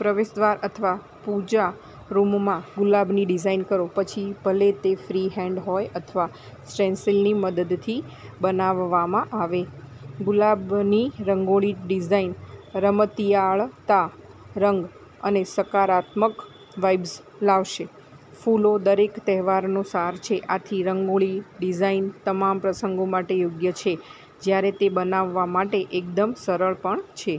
પ્રવેશદ્વાર પર અથવા પૂજા રૂમમાં ગુલાબની ડિઝાઇન કરો. પછી ભલે તે ફ્રીહેન્ડ હોય અથવા સ્ટેન્સિલની મદદથી બનાવવામાં આવે, ગુલાબની રંગોળી ડિઝાઇન રમતિયાળતા, રંગ અને સકારાત્મક વાઇબ્સ લાવશે. ફૂલોદરેક તહેવારનો સાર છે. આથી, રંગોળી ડિઝાઇન તમામ પ્રસંગો માટે યોગ્ય છે જ્યારે તે બનાવવા માટે એકદમ સરળ પણ છે.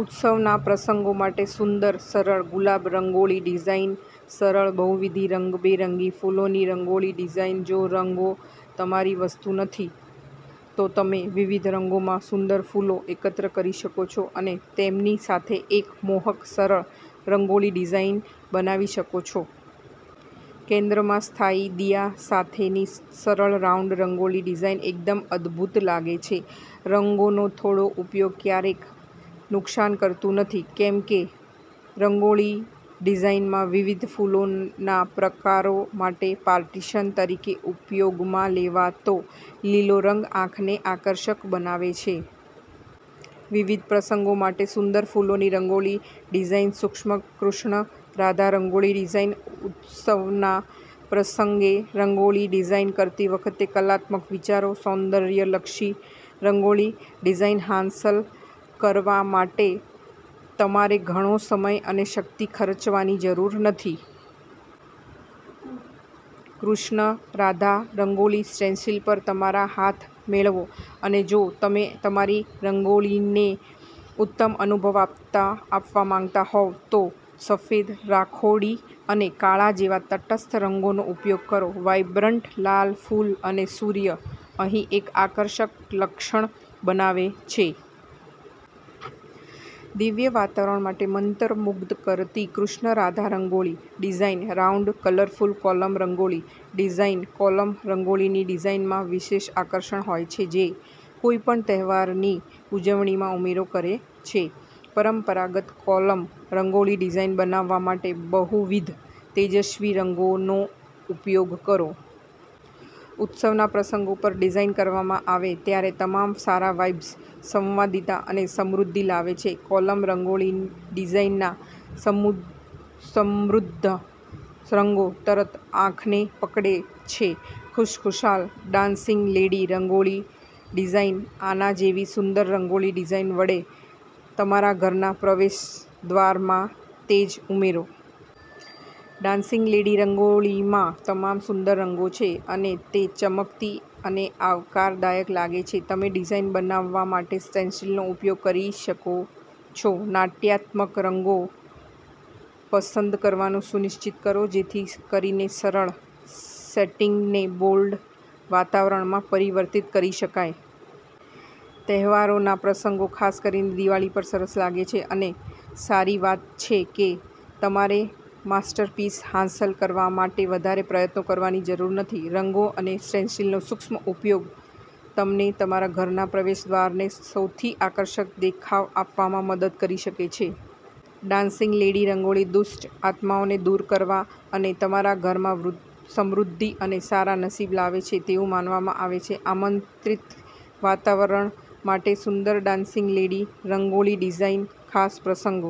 ઉત્સવના પ્રસંગો માટે સુંદર, સરળ ગુલાબ રંગોળી ડિઝાઇન સરળ બહુવિધ, રંગબેરંગી ફૂલોની રંગોળી ડિઝાઇન જો રંગો તમારી વસ્તુ નથી, તો તમે વિવિધ રંગોમાં સુંદર ફૂલો એકત્રિત કરી શકો છો અને તેમની સાથે એક મોહક, સરળ રંગોળી ડિઝાઇન બનાવી શકો છો. કેન્દ્રમાં સ્થાયી દિયા સાથેનીસરળ રાઉન્ડ રંગોળી ડિઝાઇન એકદમ અદભૂત લાગે છે. રંગોનો થોડો ઉપયોગ ક્યારેક નુકસાન કરતું નથી, કેમ કે, રંગોળી ડિઝાઇનમાં. વિવિધ ફૂલોના પ્રકારો માટે પાર્ટીશન તરીકે ઉપયોગમાં લેવાતો લીલો રંગ આંખને આકર્ષક બનાવે છે. વિવિધ પ્રસંગો માટે સુંદર ફૂલોની રંગોળી ડિઝાઇન સૂક્ષ્મ કૃષ્ણ રાધા રંગોળી ડિઝાઇન ઉત્સવના પ્રસંગે રંગોળી ડિઝાઇન કરતી વખતે કલાત્મક વિચારો. સૌંદર્યલક્ષી રંગોળી ડિઝાઇન હાંસલ કરવા માટે તમારે ઘણો સમય અને શક્તિ ખર્ચવાની જરૂર નથી. કૃષ્ણ રાધા રંગોળી સ્ટેન્સિલ પર તમારા હાથ મેળવો અને જો તમે તમારી રંગોળીને ઉત્તમ અનુભવ આપતા, આપવા માંગતા હોવ તો સફેદ, રાખોડી અને કાળા જેવા તટસ્થ રંગોનો ઉપયોગ કરો. વાઇબ્રન્ટ લાલ ફૂલ અને સૂર્ય અહીં એક આકર્ષક લક્ષણ બનાવે છે. દિવ્ય વાતાવરણ માટે મંત્રમુગ્ધ કરતી Krishna Radha rangoli design round colourful kolam rangoli design kolam રંગોળીની ડિઝાઇનમાં વિશેષ આકર્ષણ હોય છે જે કોઈપણ તહેવારની ઉજવણીમાં ઉમેરો કરે છે. પરંપરાગત કોલમ રંગોળી ડિઝાઇન બનાવવા માટે બહુવિધ તેજસ્વી રંગોનો ઉપયોગ કરો. ઉત્સવના પ્રસંગો પર ડિઝાઇન કરવામાં આવે ત્યારેતમામ સારા વાઇબ્સ, સંવાદિતા અને સમૃદ્ધિ લાવે છે. કોલમ રંગોળી ડિઝાઇનના સમુ, સમૃદ્ધ રંગો તરતઆંખને પકડે છે ખુશખુશાલ ડાન્સિંગ લેડી રંગોળી ડિઝાઇન આના જેવી સુંદર રંગોળી ડિઝાઇન વડે તમારા ઘરના પ્રવેશદ્વારમાં તેજ ઉમેરો. ડાન્સિંગ લેડી રંગોળીમાં તમામ સુંદર રંગો છે અને તે ચમકતી અને આવકારદાયક લાગે છે. તમેડિઝાઇન બનાવવા માટે સ્ટેન્સિલનો ઉપયોગ કરી શકો છોનાટ્યાત્મક રંગો પસંદ કરવાનું સુનિશ્ચિત કરો જેથી કરીને સરળ સેટિંગને બોલ્ડ વાતાવરણમાં પરિવર્તિત કરી શકાય. તહેવારોના પ્રસંગો, ખાસ કરીને દિવાળી પર સરસ લાગે છે. અને સારી વાતછે કે તમારેમાસ્ટરપીસ હાંસલ કરવા માટે વધારે પ્રયત્નો કરવાની જરૂર નથી. રંગો અને સ્ટેન્સિલનો સૂક્ષ્મ ઉપયોગ તમને તમારા ઘરના પ્રવેશદ્વારને સૌથી આકર્ષક દેખાવ આપવામાં મદદ કરી શકે છે. ડાન્સિંગ લેડી રંગોળી દુષ્ટ આત્માઓને દૂર કરવા અને તમારા ઘરમાં સમૃદ્ધિ અને સારા નસીબ લાવે છે તેવું માનવામાં આવે છે. આમંત્રિત વાતાવરણ માટે સુંદર ડાન્સિંગ લેડી રંગોળી ડિઝાઇન ખાસ પ્રસંગો